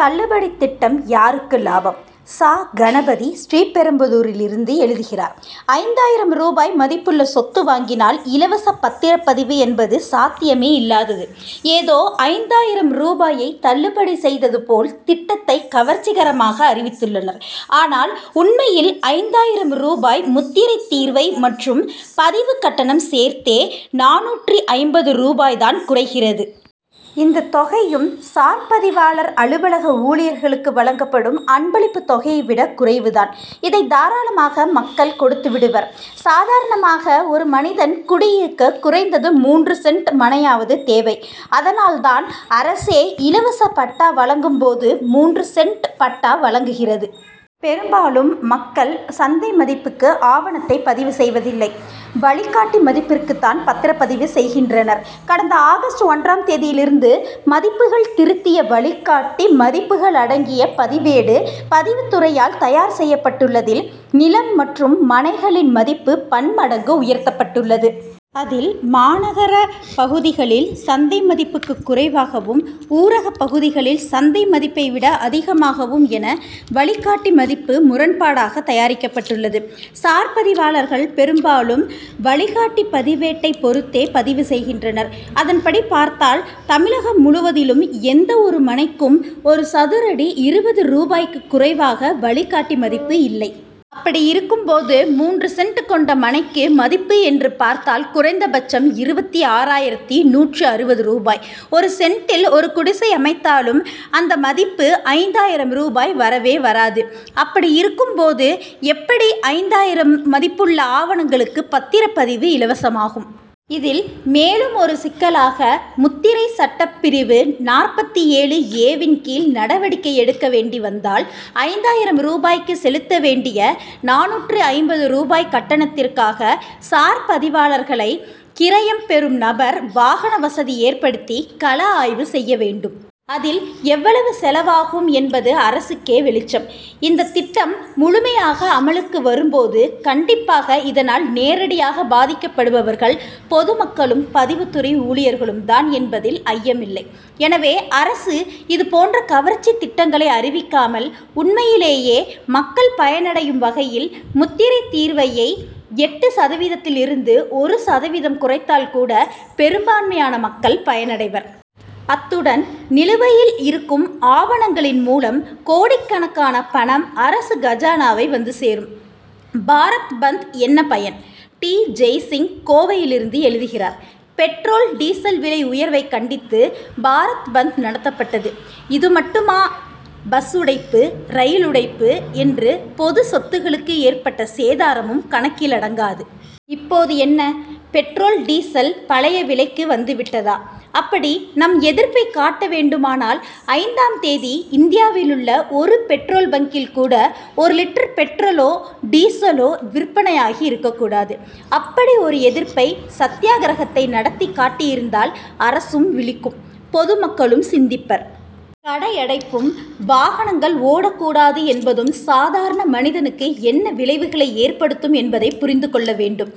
தள்ளுபடி திட்டம் யாருக்கு லாபம்? ச. கணபதி, ஸ்ரீபெரும்புதூரிலிருந்து எழுதுகிறார் ஐந்தாயிரம் ரூபாய் மதிப்புள்ள சொத்து வாங்கினால், இலவச பத்திரப்பதிவு என்பது சாத்தியமே இல்லாதது. ஏதோ ஐந்தாயிரம் ரூபாயை தள்ளுபடி செய்தது போல், திட்டத்தை கவர்ச்சிகரமாக அறிவித்துள்ளனர். ஆனால், உண்மையில் ஐந்தாயிரம் ரூபாய் முத்திரை தீர்வை மற்றும் பதிவு கட்டணம் சேர்த்தே, நானூற்று ஐம்பது ரூபாய் தான் குறைகிறது. இந்த தொகையும், சார் பதிவாளர் அலுவலக ஊழியர்களுக்கு வழங்கப்படும் அன்பளிப்பு தொகையைவிட குறைவு தான். இதை தாராளமாக மக்கள் கொடுத்து விடுவர். சாதாரணமாக, ஒரு மனிதன் குடியிருக்க குறைந்தது மூன்று சென்ட் மனையாவது தேவை. அதனால் தான், அரசே இலவச பட்டா வழங்கும் போது, மூன்று சென்ட் பட்டா வழங்குகிறது. பெரும்பாலும் மக்கள், சந்தை மதிப்புக்கு ஆவணத்தை பதிவு செய்வதில்லை. வழிகாட்டி மதிப்பிற்கு தான் பத்திரப் பதிவு செய்கின்றனர். கடந்த ஆகஸ்ட் ஒன்றும் தேதியிலிருந்து, மதிப்புகள் திருத்திய வழிகாட்டி மதிப்புகள் அடங்கிய பதிவேடு, பதிவுத்துறையால் தயார் செய்யப்பட்டுள்ளதில், நிலம் மற்றும் மனைகளின் மதிப்பு பன் மடங்கு உயர்த்தப்பட்டுள்ளது. அதில், மாநகர பகுதிகளில், சந்தை மதிப்புக்கு குறைவாகவும், ஊரக பகுதிகளில், சந்தை மதிப்பை விட அதிகமாகவும் என, வழிகாட்டி மதிப்பு முரண்பாடாக தயாரிக்கப்பட்டுள்ளது. சார் பதிவாளர்கள் பெரும்பாலும், வழிகாட்டி பதிவேட்டை பொருத்தே பதிவு செய்கின்றனர். அதன்படி பார்த்தால், தமிழகம் முழுவதிலும், எந்த ஒரு மனைக்கும், ஒரு சதுரடி இருபது ரூபாய்க்கு குறைவாக வழிகாட்டி மதிப்பு இல்லை. அப்படியிருக்கும் போது, மூன்று சென்ட் கொண்ட மனைக்கு மதிப்பு என்று பார்த்தால், குறைந்தபட்சம் இருபத்தாறாயிரத்து நூற்று அறுபது ரூபாய். ஒரு சென்டில் ஒரு குடிசை அமைத்தாலும், அந்த மதிப்பு, ஐந்தாயிரம் ரூபாய் வரவே வராது. அப்படியிருக்கும் போது, எப்படி ஐந்தாயிரம் மதிப்புள்ள ஆவணங்களுக்கு பத்திரப் பதிவு இலவசமாகும். இதில், மேலும் ஒரு சிக்கலாக, முத்திரை சட்டப்பிரிவு நாற்பத்தேழு ஏ-வின் கீழ் நடவடிக்கை எடுக்க வேண்டி வந்தால், ஐந்தாயிரம் ரூபாய்க்கு செலுத்த வேண்டிய நானூற்று ஐம்பது ரூபாய் கட்டணத்திற்காக, சார் பதிவாளர்களை, கிரையம் பெறும் நபர், வாகன வசதி ஏற்படுத்தி, கள ஆய்வு செய்ய வேண்டும். அதில் எவ்வளவு செலவாகும் என்பது அரசுக்கே வெளிச்சம். இந்த திட்டம் முழுமையாக அமலுக்கு வரும் போது, கண்டிப்பாக இதனால் நேரடியாக பாதிக்கப்படுபவர்கள், பொது மக்களும், பதிவுத்துறை ஊழியர்களும் தான் என்பதில் ஐயம் இல்லை. எனவே, அரசு இது போன்ற கவர்ச்சி திட்டங்களை அறிவிக்காமல், உண்மையிலேயே மக்கள் பயன் அடையும் வகையில், முத்திரைத் தீர்வையை, எட்டு சதவீதத்தில் இருந்து, ஒரு சதவீதம் குறைத்தால் கூட, பெரும்பான்மையான மக்கள் பயனடைவர். அத்துடன், நிலுவையில் இருக்கும் ஆவணங்களின் மூலம், கோடிக்கணக்கான பணம் அரசு கஜானாவை வந்து சேரும். பாரத் பந்த் என்ன பயன்? டி. ஜெய்சிங், கோவையிலிருந்து எழுதுகிறார் பெட்ரோல், டீசல் விலை உயர்வை கண்டித்து, பாரத் பந்த் நடத்தப்பட்டது. இது மட்டுமாபஸ் உடைப்பு, ரயில் உடைப்பு என்று, பொதுச் சொத்துக்களுக்கு ஏற்பட்ட சேதாரமும் கணக்கிலடங்காது. இப்போது என்ன, பெட்ரோல், டீசல் பழைய விலைக்கு வந்து விட்டதா? அப்படி நம் எதிர்ப்பை காட்ட வேண்டுமானால், ஐந்தாம் தேதி, இந்தியாவிலுள்ள ஒரு பெட்ரோல் பங்க்கில் கூட, ஒரு லிட்டர் பெட்ரோலோ, டீசலோ விற்பனை ஆகி இருக்கக்கூடாது. அப்படி ஒரு எதிர்ப்பை, சத்யாகிரகத்தை நடத்திக் காட்டியிருந்தால், அரசும் விழிக்கும்; பொது மக்களும் சிந்திப்பர். கடையடைப்பும், வாகனங்கள் ஓடக்கூடாது என்பதும், சாதாரண மனிதனுக்கு என்ன விளைவுகளை ஏற்படுத்தும் என்பதை புரிந்து கொள்ள வேண்டும்.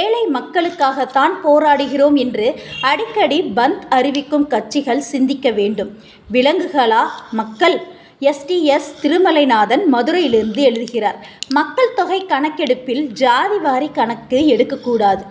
ஏழை மக்களுக்காகத் தான் போராடுகிறோம் என்று அடிக்கடி பந்த் அறிவிக்கும் கட்சிகள், சிந்திக்க வேண்டும். விலங்குகளா மக்கள்? எஸ். டி. எஸ். திருமலைநாதன், மதுரையிலிருந்து எழுதுகிறார் மக்கள்தொகை கணக்கெடுப்பில், ஜாதிவாரி கணக்கு எடுக்கக்கூடாது.